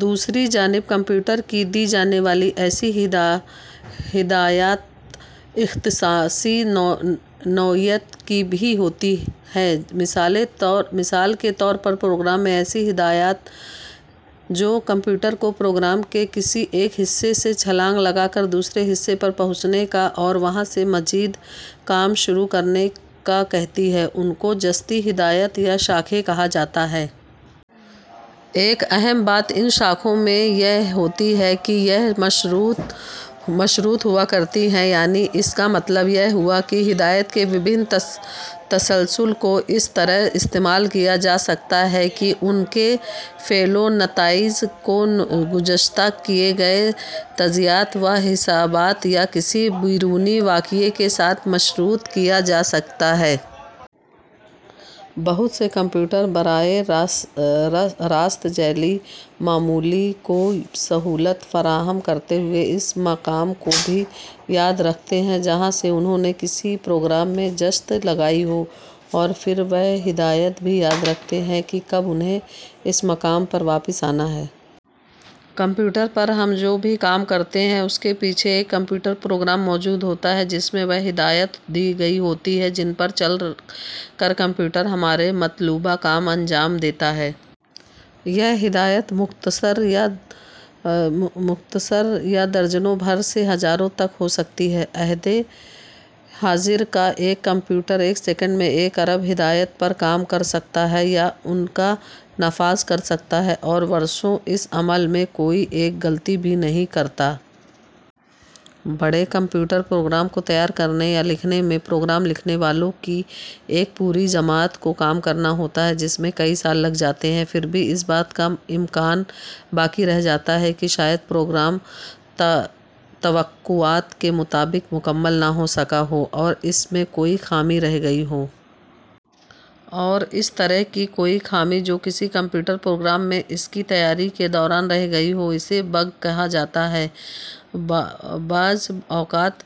دوسری جانب کمپیوٹر کو دی جانے والی ایسی ہدایات اختصاصی نوعیت کی بھی ہوتی ہیں۔ مثال کے طور پر پروگرام میں ایسی ہدایات جو کمپیوٹر کو پروگرام کے کسی ایک حصے سے چھلانگ لگا کر دوسرے حصے پر پہنچنے کا اور وہاں سے مزید کام شروع کرنے کا کہتی ہیں، ان کو جستی ہدایات یا شاخیں کہا جاتا ہے۔ ایک اہم بات ان شاخوں میں یہ ہوتی ہے کہ یہ مشروط ہوا کرتی ہیں، یعنی اس کا مطلب یہ ہوا کہ ہدایات کے مختلف تسلسل کو اس طرح استعمال کیا جا سکتا ہے کہ ان کے فعل و نتائج کو گزشتہ کیے گئے تجزیات و حسابات یا کسی بیرونی واقعہ کے ساتھ مشروط کیا جا سکتا ہے۔ بہت سے کمپیوٹر براہِ راست ذیلی معمول کو سہولت فراہم کرتے ہوئے اس مقام کو بھی یاد رکھتے ہیں جہاں سے انھوں نے کسی پروگرام میں جست لگائی ہو، اور پھر وہ ہدایت بھی یاد رکھتے ہیں کہ کب انھیں اس مقام پر واپس آنا ہے۔ کمپیوٹر پر ہم جو بھی کام کرتے ہیں، اس کے پیچھے ایک کمپیوٹر پروگرام موجود ہوتا ہے جس میں وہ ہدایات دی گئی ہوتی ہیں جن پر چل کر کمپیوٹر ہمارے مطلوبہ کام انجام دیتا ہے۔ یہ ہدایات مختصر یا درجن بھر سے ہزاروں تک ہو سکتی ہیں۔ عہد حاضر کا ایک کمپیوٹر ایک ثانیے میں ایک ارب ہدایات پر کام کر سکتا ہے یا ان کا نفاذ کر سکتا ہے، اور برسوں اس عمل میں کوئی ایک غلطی بھی نہیں کرتا۔ بڑے کمپیوٹر پروگرام کو تیار کرنے یا لکھنے میں پروگرام لکھنے والوں کی ایک پوری جماعت کو کام کرنا ہوتا ہے، جس میں کئی سال لگ جاتے ہیں۔ پھر بھی اس بات کا امکان باقی رہ جاتا ہے کہ شاید پروگرام توقعات کے مطابق مکمل نہ ہو سکا ہو اور اس میں کوئی خامی رہ گئی ہو۔ اور اس طرح کی کوئی خامی جو کسی کمپیوٹر پروگرام میں اس کی تیاری کے دوران رہ گئی ہو، اسے بگ کہا جاتا ہے۔ بعض اوقات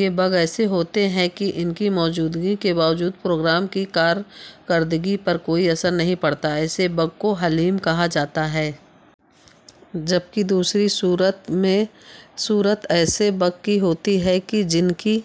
یہ بگ ایسے ہوتے ہیں کہ ان کی موجودگی کے باوجود پروگرام کی کارکردگی پر کوئی اثر نہیں پڑتا، ایسے بگ کو حلیم کہا جاتا ہے۔ جبکہ دوسری صورت ایسے بگ کی ہوتی ہے کہ جن کی...